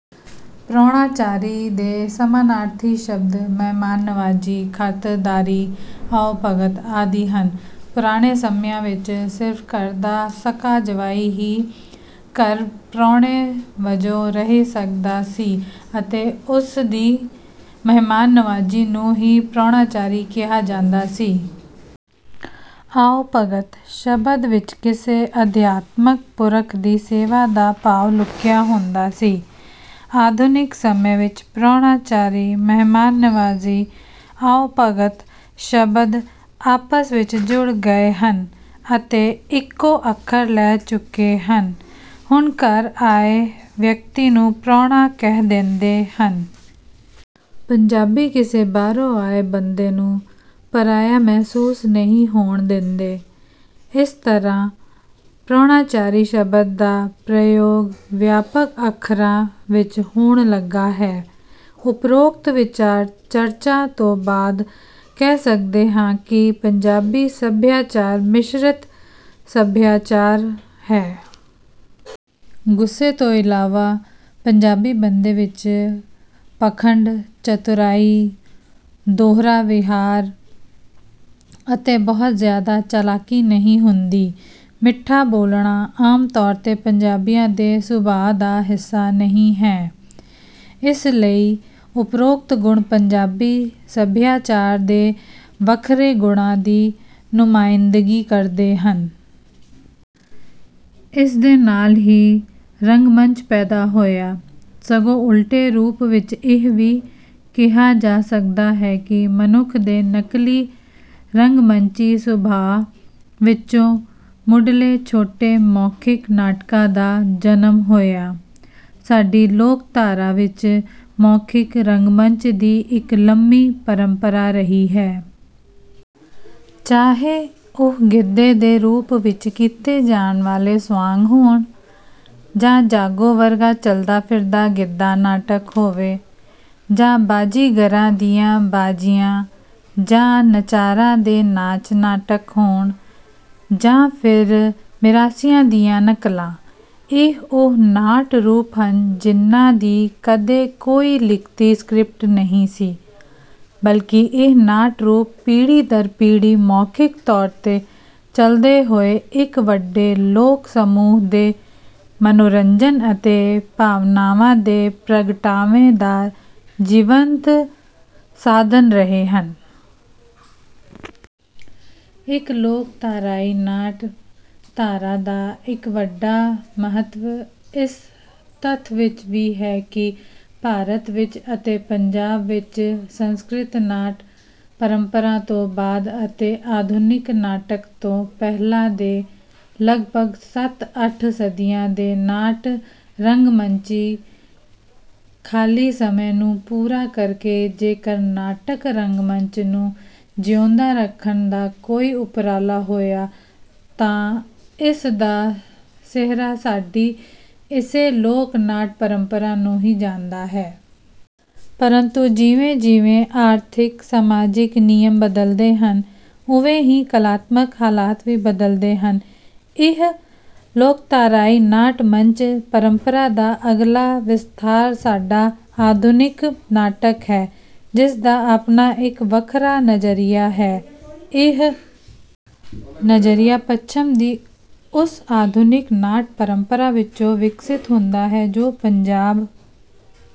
ਪ੍ਰਾਹੁਣਾਚਾਰੀ ਦੇ ਸਮਾਨਾਰਥੀ ਸ਼ਬਦ ਮਹਿਮਾਨ ਨਿਵਾਜ਼ੀ, ਖਾਤਿਰਦਾਰੀ, ਆਓ-ਭਗਤ ਆਦਿ ਹਨ। ਪੁਰਾਣੇ ਸਮਿਆਂ ਵਿੱਚ ਸਿਰਫ ਘਰ ਦਾ ਸਕਾ ਜਵਾਈ ਹੀ ਘਰ ਪ੍ਰਾਹੁਣੇ ਵਜੋਂ ਰਹਿ ਸਕਦਾ ਸੀ ਅਤੇ ਉਸਦੀ ਮਹਿਮਾਨ ਨਿਵਾਜ਼ੀ ਨੂੰ ਹੀ ਪ੍ਰਾਹੁਣਾਚਾਰੀ ਕਿਹਾ ਜਾਂਦਾ ਸੀ। ਆਓ-ਭਗਤ ਸ਼ਬਦ ਵਿੱਚ ਕਿਸੇ ਅਧਿਆਤਮਿਕ ਪੁਰਖ ਦੀ ਸੇਵਾ ਦਾ ਭਾਵ ਲੁਕਿਆ ਹੁੰਦਾ ਸੀ। ਆਧੁਨਿਕ ਸਮੇਂ ਵਿੱਚ ਪ੍ਰਾਹੁਣਾਚਾਰੀ, ਮਹਿਮਾਨ ਨਿਵਾਜ਼ੀ, ਆਓ-ਭਗਤ ਸ਼ਬਦ ਆਪਸ ਵਿੱਚ ਜੁੜ ਗਏ ਹਨ ਅਤੇ ਇੱਕੋ ਅਰਥ ਲੈ ਚੁੱਕੇ ਹਨ। ਹੁਣ ਘਰ ਆਏ ਹਰ ਵਿਅਕਤੀ ਨੂੰ ਪ੍ਰਾਹੁਣਾ ਕਹਿ ਦਿੰਦੇ ਹਨ। ਪੰਜਾਬੀ ਕਿਸੇ ਬਾਹਰੋਂ ਆਏ ਬੰਦੇ ਨੂੰ ਪਰਾਇਆ ਮਹਿਸੂਸ ਨਹੀਂ ਹੋਣ ਦਿੰਦੇ। ਇਸ ਤਰ੍ਹਾਂ ਪ੍ਰਾਹੁਣਾਚਾਰੀ ਸ਼ਬਦ ਦਾ ਪ੍ਰਯੋਗ ਵਿਆਪਕ ਅਰਥਾਂ ਵਿੱਚ ਹੋਣ ਲੱਗਾ ਹੈ। ਉਪਰੋਕਤ ਵਿਚਾਰ ਚਰਚਾ ਤੋਂ ਬਾਅਦ ਕਹਿ ਸਕਦੇ ਹਾਂ ਕਿ ਪੰਜਾਬੀ ਸਭਿਆਚਾਰ ਮਿਸ਼ਰਿਤ ਸਭਿਆਚਾਰ ਹੈ। ਗੁੱਸੇ ਤੋਂ ਇਲਾਵਾ ਪੰਜਾਬੀ ਬੰਦੇ ਵਿੱਚ ਪਖੰਡ, ਚਤੁਰਾਈ, ਦੋਹਰਾ ਵਿਹਾਰ ਅਤੇ ਬਹੁਤ ਜਿਆਦਾ ਚਾਲਾਕੀ ਨਹੀਂ ਹੁੰਦੀ। ਮਿੱਠਾ ਬੋਲਣਾ ਆਮ ਤੌਰ ਤੇ ਪੰਜਾਬੀਆਂ ਦੇ ਸੁਭਾਅ ਦਾ ਹਿੱਸਾ ਨਹੀਂ ਹੈ। ਇਸ ਲਈ ਉਪਰੋਕਤ ਗੁਣ ਪੰਜਾਬੀ ਸਭਿਆਚਾਰ ਦੇ ਵੱਖਰੇ ਗੁਣਾਂ ਦੀ ਨੁਮਾਇੰਦਗੀ ਕਰਦੇ ਹਨ। ਇਸ ਦੇ ਨਾਲ ਹੀ ਰੰਗਮੰਚ ਪੈਦਾ ਹੋਇਆ। ਸਗੋਂ ਉਲਟੇ ਰੂਪ ਵਿੱਚ ਇਹ ਵੀ ਕਿਹਾ ਜਾ ਸਕਦਾ ਹੈ ਕਿ ਮਨੁੱਖ ਦੇ ਨਕਲੀ ਰੰਗਮੰਚੀ ਸੁਭਾਅ ਵਿੱਚੋਂ ਮੁੱਢਲੇ ਛੋਟੇ ਮੌਖਿਕ ਨਾਟਕਾਂ ਦਾ ਜਨਮ ਹੋਇਆ। ਸਾਡੀ ਲੋਕਧਾਰਾ ਵਿੱਚ ਮੌਖਿਕ ਰੰਗਮੰਚ ਦੀ ਇੱਕ ਲੰਮੀ ਪਰੰਪਰਾ ਰਹੀ ਹੈ। ਚਾਹੇ ਉਹ ਗਿੱਧੇ ਦੇ ਰੂਪ ਵਿੱਚ ਕੀਤੇ ਜਾਣ ਵਾਲੇ ਸੁਆਂਗ ਹੋਣ, ਜਾਂ ਜਾਗੋ ਵਰਗਾ ਚਲਦਾ ਫਿਰਦਾ ਗਿੱਧਾ-ਨਾਟਕ ਹੋਵੇ ਜਾਂ ਬਾਜੀਗਰਾਂ ਦੀਆਂ ਬਾਜੀਆਂ ਜਾਂ ਨਚਾਰਾਂ ਦੇ ਨਾਚ-ਨਾਟਕ ਹੋਣ ਜਾਂ ਫਿਰ ਮਿਰਾਸੀਆਂ ਦੀਆਂ ਨਕਲਾਂ। ਇਹ ਉਹ ਨਾਟ ਰੂਪ ਹਨ ਜਿਨ੍ਹਾਂ ਦੀ ਕਦੇ ਕੋਈ ਲਿਖਤੀ ਸਕ੍ਰਿਪਟ ਨਹੀਂ ਸੀ, ਬਲਕਿ ਇਹ ਨਾਟ-ਰੂਪ ਪੀੜ੍ਹੀ-ਦਰ-ਪੀੜ੍ਹੀ ਮੌਖਿਕ ਤੌਰ ਤੇ ਚਲਦੇ ਹੋਏ ਇੱਕ ਵੱਡੇ ਲੋਕ ਸਮੂਹ ਦੇ ਮਨੋਰੰਜਨ ਅਤੇ ਭਾਵਨਾਵਾਂ ਦੇ ਪ੍ਰਗਟਾਵੇ ਦਾ ਜੀਵੰਤ ਸਾਧਨ ਰਹੇ ਹਨ। ਇੱਕ ਲੋਕਧਾਰਾਈ ਨਾਟ ਧਾਰਾ ਦਾ ਇੱਕ ਵੱਡਾ ਮਹੱਤਵ ਇਸ ਤੱਥ ਵਿੱਚ ਵੀ ਹੈ ਕਿ ਭਾਰਤ ਵਿੱਚ ਅਤੇ ਪੰਜਾਬ ਵਿੱਚ ਸੰਸਕ੍ਰਿਤ ਨਾਟ ਪਰੰਪਰਾ ਤੋਂ ਬਾਅਦ ਅਤੇ ਆਧੁਨਿਕ ਨਾਟਕ ਤੋਂ ਪਹਿਲਾਂ ਦੇ ਲਗਭਗ ਸੱਤ-ਅੱਠ ਸਦੀਆਂ ਦੇ ਨਾਟ-ਰੰਗਮੰਚੀ ਖਾਲੀ ਸਮੇਂ ਨੂੰ ਪੂਰਾ ਕਰਕੇ ਜੇਕਰ ਨਾਟਕ ਰੰਗਮੰਚ ਨੂੰ ਜਿਉਂਦਾ ਰੱਖਣ ਦਾ ਕੋਈ ਉਪਰਾਲਾ ਹੋਇਆ ਤਾਂ ਇਸ ਦਾ ਸਿਹਰਾ ਸਾਡੀ ਇਸੇ ਲੋਕ ਨਾਟ ਪਰੰਪਰਾ ਨੂੰ ਹੀ ਜਾਂਦਾ ਹੈ। ਪਰੰਤੂ ਜਿਵੇਂ ਜਿਵੇਂ ਆਰਥਿਕ-ਸਮਾਜਿਕ ਨਿਯਮ ਬਦਲਦੇ ਹਨ ਉਵੇਂ ਹੀ ਕਲਾਤਮਕ ਹਾਲਾਤ ਵੀ ਬਦਲਦੇ ਹਨ। ਇਹ ਲੋਕਧਾਰਾਈ ਨਾਟ-ਮੰਚ ਪਰੰਪਰਾ ਦਾ ਅਗਲਾ ਵਿਸਥਾਰ ਸਾਡਾ ਆਧੁਨਿਕ ਨਾਟਕ ਹੈ ਜਿਸ ਦਾ ਆਪਣਾ ਇੱਕ ਵੱਖਰਾ ਨਜ਼ਰੀਆ ਹੈ। ਇਹ ਨਜ਼ਰੀਆ ਪੱਛਮ ਦੀ ਉਸ ਆਧੁਨਿਕ ਨਾਟ-ਪਰੰਪਰਾ ਵਿੱਚੋਂ ਵਿਕਸਿਤ ਹੁੰਦਾ ਹੈ ਜੋ ਪੰਜਾਬ